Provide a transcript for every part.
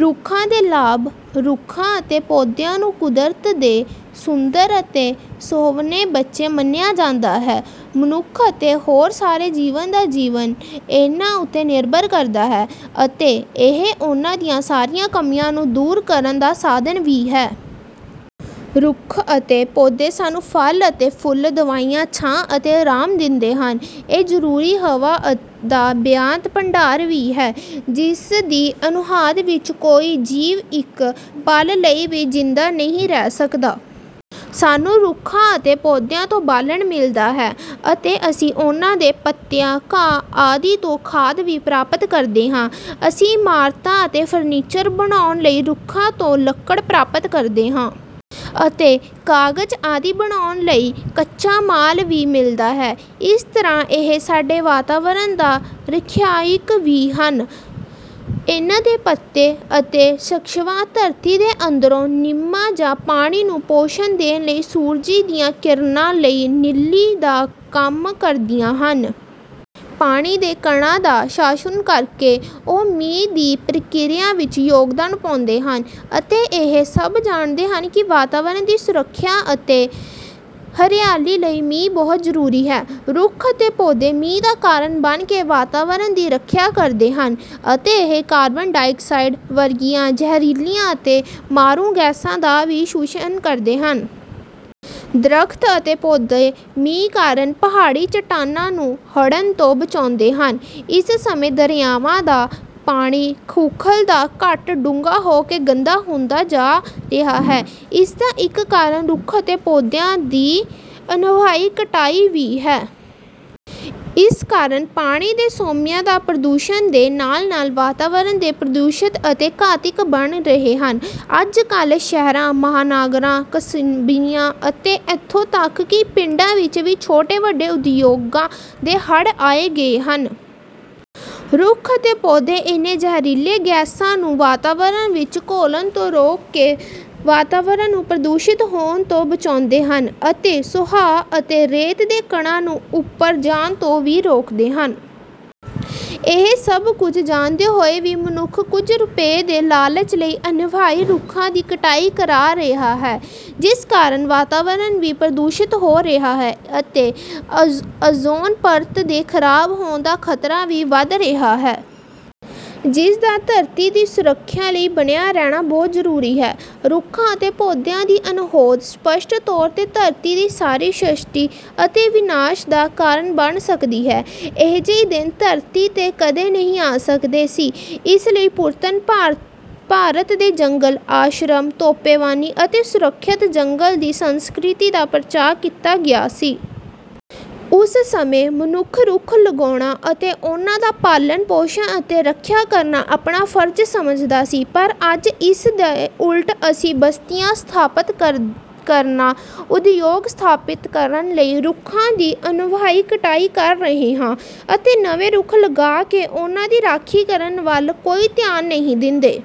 ਰੁੱਖਾਂ ਦੇ ਲਾਭ ਰੁੱਖਾਂ ਅਤੇ ਪੌਦਿਆਂ ਨੂੰ ਕੁਦਰਤ ਦੇ ਸੁੰਦਰ ਅਤੇ ਸੁਹਾਵਣੇ ਬੱਚੇ ਮੰਨਿਆ ਜਾਂਦਾ ਹੈ। ਮਨੁੱਖਾਂ ਅਤੇ ਹੋਰ ਸਾਰੇ ਜੀਵਾਂ ਦਾ ਜੀਵਨ ਇਹਨਾਂ ਉੱਤੇ ਨਿਰਭਰ ਕਰਦਾ ਹੈ। ਅਤੇ ਇਹ ਉਹਨਾਂ ਦੀਆਂ ਸਾਰੀਆਂ ਕਮੀਆਂ ਨੂੰ ਦੂਰ ਕਰਨ ਦਾ ਸਾਧਨ ਵੀ ਹੈ। ਰੁੱਖ ਅਤੇ ਪੌਦੇ ਸਾਨੂੰ ਫਲ ਅਤੇ ਫੁੱਲ, ਦਵਾਈਆਂ, ਛਾਂ ਅਤੇ ਆਰਾਮ ਦਿੰਦੇ ਹਨ। ਇਹ ਜ਼ਰੂਰੀ ਹਵਾ ਦਾ ਬੇਅੰਤ ਭੰਡਾਰ ਵੀ ਹੈ। ਜਿਸ ਦੀ ਅਣਹੋਂਦ ਵਿੱਚ ਕੋਈ ਜੀਵ ਇੱਕ ਪਲ ਲਈ ਵੀ ਜ਼ਿੰਦਾ ਨਹੀਂ ਰਹਿ ਸਕਦਾ। ਸਾਨੂੰ ਰੁੱਖਾਂ ਅਤੇ ਪੌਦਿਆਂ ਤੋਂ ਬਾਲਣ ਮਿਲਦਾ ਹੈ। ਅਤੇ ਅਸੀਂ ਉਹਨਾਂ ਦੇ ਪੱਤਿਆਂ, ਘਾ ਆਦਿ ਤੋਂ ਖਾਦ ਵੀ ਪ੍ਰਾਪਤ ਕਰਦੇ ਹਾਂ। ਅਸੀਂ ਇਮਾਰਤਾਂ ਅਤੇ ਫਰਨੀਚਰ ਬਣਾਉਣ ਲਈ ਰੁੱਖਾਂ ਤੋਂ ਲੱਕੜ ਪ੍ਰਾਪਤ ਕਰਦੇ ਹਾਂ। ਅਤੇ ਕਾਗਜ਼ ਆਦਿ ਬਣਾਉਣ ਲਈ ਕੱਚਾ ਮਾਲ ਵੀ ਮਿਲਦਾ ਹੈ। ਇਸੇ ਤਰ੍ਹਾਂ ਇਹ ਸਾਡੇ ਵਾਤਾਵਰਨ ਦਾ ਰੱਖਿਅਕ ਵੀ ਹਨ. ਇਨ੍ਹਾਂ ਦੇ ਪੱਤੇ ਅਤੇ ਸ਼ਾਖਾਵਾਂ ਧਰਤੀ ਦੇ ਅੰਦਰੋਂ ਨਮੀ ਜਾਂ ਪਾਣੀ ਨੂੰ ਪੋਸ਼ਣ ਦੇਣ ਲਈ ਸੂਰਜ ਦੀਆਂ ਕਿਰਨਾਂ ਲਈ ਨਲੀ ਦਾ ਕੰਮ ਕਰਦੀਆਂ ਹਨ। ਪਾਣੀ ਦੇ ਕਣਾਂ ਦਾ ਸ਼ੋਸ਼ਣ ਕਰਕੇ, ਉਹ ਮੀਂਹ ਦੀ ਪ੍ਰਕਿਰਿਆ ਵਿੱਚ ਯੋਗਦਾਨ ਪਾਉਂਦੇ ਹਨ। ਅਤੇ ਇਹ ਸਭ ਜਾਣਦੇ ਹਨ ਕਿ ਵਾਤਾਵਰਨ ਦੀ ਸੁਰੱਖਿਆ ਅਤੇ ਹਰਿਆਲੀ ਲਈ ਮੀਂਹ ਬਹੁਤ ਜ਼ਰੂਰੀ ਹੈ। ਰੁੱਖ ਅਤੇ ਪੌਦੇ ਮੀਂਹ ਦਾ ਕਾਰਨ ਬਣ ਕੇ ਵਾਤਾਵਰਣ ਦੀ ਰੱਖਿਆ ਕਰਦੇ ਹਨ ਅਤੇ ਇਹ ਕਾਰਬਨ ਡਾਈਆਕਸਾਈਡ ਵਰਗੀਆਂ ਜ਼ਹਿਰੀਲੀਆਂ ਅਤੇ ਮਾਰੂ ਗੈਸਾਂ ਦਾ ਵੀ ਸ਼ੋਸ਼ਣ ਕਰਦੇ ਹਨ। ਦਰੱਖਤ ਅਤੇ ਪੌਦੇ ਮੀਂਹ ਕਾਰਨ ਪਹਾੜੀ ਚਟਾਨਾਂ ਨੂੰ ਹੜਨ ਤੋਂ ਬਚਾਉਂਦੇ ਹਨ। ਇਸ ਸਮੇਂ ਦਰਿਆਵਾਂ ਦਾ ਪਾਣੀ ਖੋਖਲਾ ਜਾਂ ਘੱਟ ਡੂੰਘਾ ਹੋ ਕੇ ਗੰਦਾ ਹੁੰਦਾ ਜਾ ਰਿਹਾ ਹੈ, ਇਸ ਦਾ ਇੱਕ ਕਾਰਨ ਰੁੱਖਾਂ ਅਤੇ ਪੌਦਿਆਂ ਦੀ ਅੰਨ੍ਹੇਵਾਹ ਕਟਾਈ ਵੀ ਹੈ। ਇਸ ਕਾਰਨ ਪਾਣੀ ਦੇ ਸੋਮਿਆਂ ਦੇ ਪ੍ਰਦੂਸ਼ਣ ਦੇ ਨਾਲ-ਨਾਲ ਵਾਤਾਵਰਣ ਵੀ ਪ੍ਰਦੂਸ਼ਿਤ ਅਤੇ ਘਾਤਕ ਬਣ ਰਿਹਾ ਹੈ। ਅੱਜ ਕੱਲ੍ਹ ਸ਼ਹਿਰਾਂ, ਮਹਾਨਗਰਾਂ, ਕਸਬਿਆਂ ਅਤੇ ਇੱਥੋਂ ਤੱਕ ਕਿ ਪਿੰਡਾਂ ਵਿੱਚ ਵੀ ਛੋਟੇ-ਵੱਡੇ ਉਦਯੋਗਾਂ ਦਾ ਹੜ੍ਹ ਆ ਗਿਆ ਹੈ। ਰੁੱਖ ਅਤੇ ਪੌਦੇ ਇਨ੍ਹਾਂ ਜ਼ਹਿਰੀਲੀਆਂ ਗੈਸਾਂ ਨੂੰ ਵਾਤਾਵਰਣ ਵਿੱਚ ਘੁਲਣ ਤੋਂ ਰੋਕ ਕੇ ਵਾਤਾਵਰਣ ਨੂੰ ਪ੍ਰਦੂਸ਼ਿਤ ਹੋਣ ਤੋਂ ਬਚਾਉਂਦੇ ਹਨ ਅਤੇ ਸੁਆਹ ਅਤੇ ਰੇਤ ਦੇ ਕਣਾਂ ਨੂੰ ਉੱਪਰ ਜਾਣ ਤੋਂ ਵੀ ਰੋਕਦੇ ਹਨ। ਇਹ ਸਭ ਕੁਝ ਜਾਣਦੇ ਹੋਏ ਵੀ ਮਨੁੱਖ ਕੁਝ ਰੁਪਏ ਦੇ ਲਾਲਚ ਲਈ ਅੰਨ੍ਹੇਵਾਹ ਰੁੱਖਾਂ ਦੀ ਕਟਾਈ ਕਰ ਰਿਹਾ ਹੈ। ਜਿਸ ਕਾਰਨ ਵਾਤਾਵਰਨ ਵੀ ਪ੍ਰਦੂਸ਼ਿਤ ਹੋ ਰਿਹਾ ਹੈ ਅਤੇ ਓਜ਼ੋਨ ਪਰਤ ਦੇ ਖ਼ਰਾਬ ਹੋਣ ਦਾ ਖ਼ਤਰਾ ਵੀ ਵੱਧ ਰਿਹਾ ਹੈ। ਜਿਸ ਦਾ ਧਰਤੀ ਦੀ ਸੁਰੱਖਿਆ ਲਈ ਬਣਿਆ ਰਹਿਣਾ ਬਹੁਤ ਜ਼ਰੂਰੀ ਹੈ। ਰੁੱਖਾਂ ਅਤੇ ਪੌਦਿਆਂ ਦੀ ਅਣਹੋਂਦ ਸਪੱਸ਼ਟ ਤੌਰ 'ਤੇ ਧਰਤੀ ਦੀ ਸਾਰੀ ਸ੍ਰਿਸ਼ਟੀ ਦੇ ਵਿਨਾਸ਼ ਦਾ ਕਾਰਨ ਬਣ ਸਕਦੀ ਹੈ। ਅਜਿਹਾ ਦਿਨ ਧਰਤੀ 'ਤੇ ਕਦੇ ਨਹੀਂ ਆ ਸਕਦਾ ਸੀ, ਇਸੇ ਲਈ ਪੁਰਾਤਨ ਭਾਰਤ ਦੇ ਜੰਗਲਾਂ, ਆਸ਼ਰਮਾਂ, ਤਪੋਵਨਾਂ ਅਤੇ ਸੁਰੱਖਿਅਤ ਜੰਗਲਾਂ ਦੀ ਸੰਸਕ੍ਰਿਤੀ ਦਾ ਪ੍ਰਚਾਰ ਕੀਤਾ ਗਿਆ ਸੀ। ਉਸ ਸਮੇਂ ਮਨੁੱਖ ਰੁੱਖ ਲਗਾਉਣਾ ਅਤੇ ਉਨ੍ਹਾਂ ਦਾ ਪਾਲਣ ਪੋਸ਼ਣ ਅਤੇ ਰੱਖਿਆ ਕਰਨਾ ਆਪਣਾ ਫਰਜ਼ ਸਮਝਦਾ ਸੀ। ਪਰ ਅੱਜ ਇਸ ਦੇ ਉਲਟ ਅਸੀਂ ਬਸਤੀਆਂ ਸਥਾਪਤ ਕਰਨ, ਉਦਯੋਗ ਸਥਾਪਤ ਕਰਨ ਲਈ ਰੁੱਖਾਂ ਦੀ ਅੰਨ੍ਹੇਵਾਹ ਕਟਾਈ ਕਰ ਰਹੇ ਹਾਂ ਅਤੇ ਨਵੇਂ ਰੁੱਖ ਲਗਾ ਕੇ ਉਨ੍ਹਾਂ ਦੀ ਰਾਖੀ ਕਰਨ ਵੱਲ ਕੋਈ ਧਿਆਨ ਨਹੀਂ ਦਿੰਦੇ।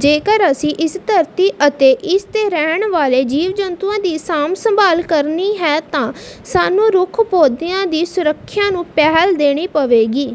ਜੇਕਰ ਅਸੀਂ ਇਸ ਧਰਤੀ ਅਤੇ ਇਸ 'ਤੇ ਰਹਿਣ ਵਾਲੇ ਜੀਵ-ਜੰਤੂਆਂ ਦੀ ਸਾਂਭ-ਸੰਭਾਲ ਕਰਨੀ ਹੈ ਤਾਂ ਸਾਨੂੰ ਰੁੱਖਾਂ-ਪੌਦਿਆਂ ਦੀ ਸੁਰੱਖਿਆ ਨੂੰ ਪਹਿਲ ਦੇਣੀ ਪਵੇਗੀ।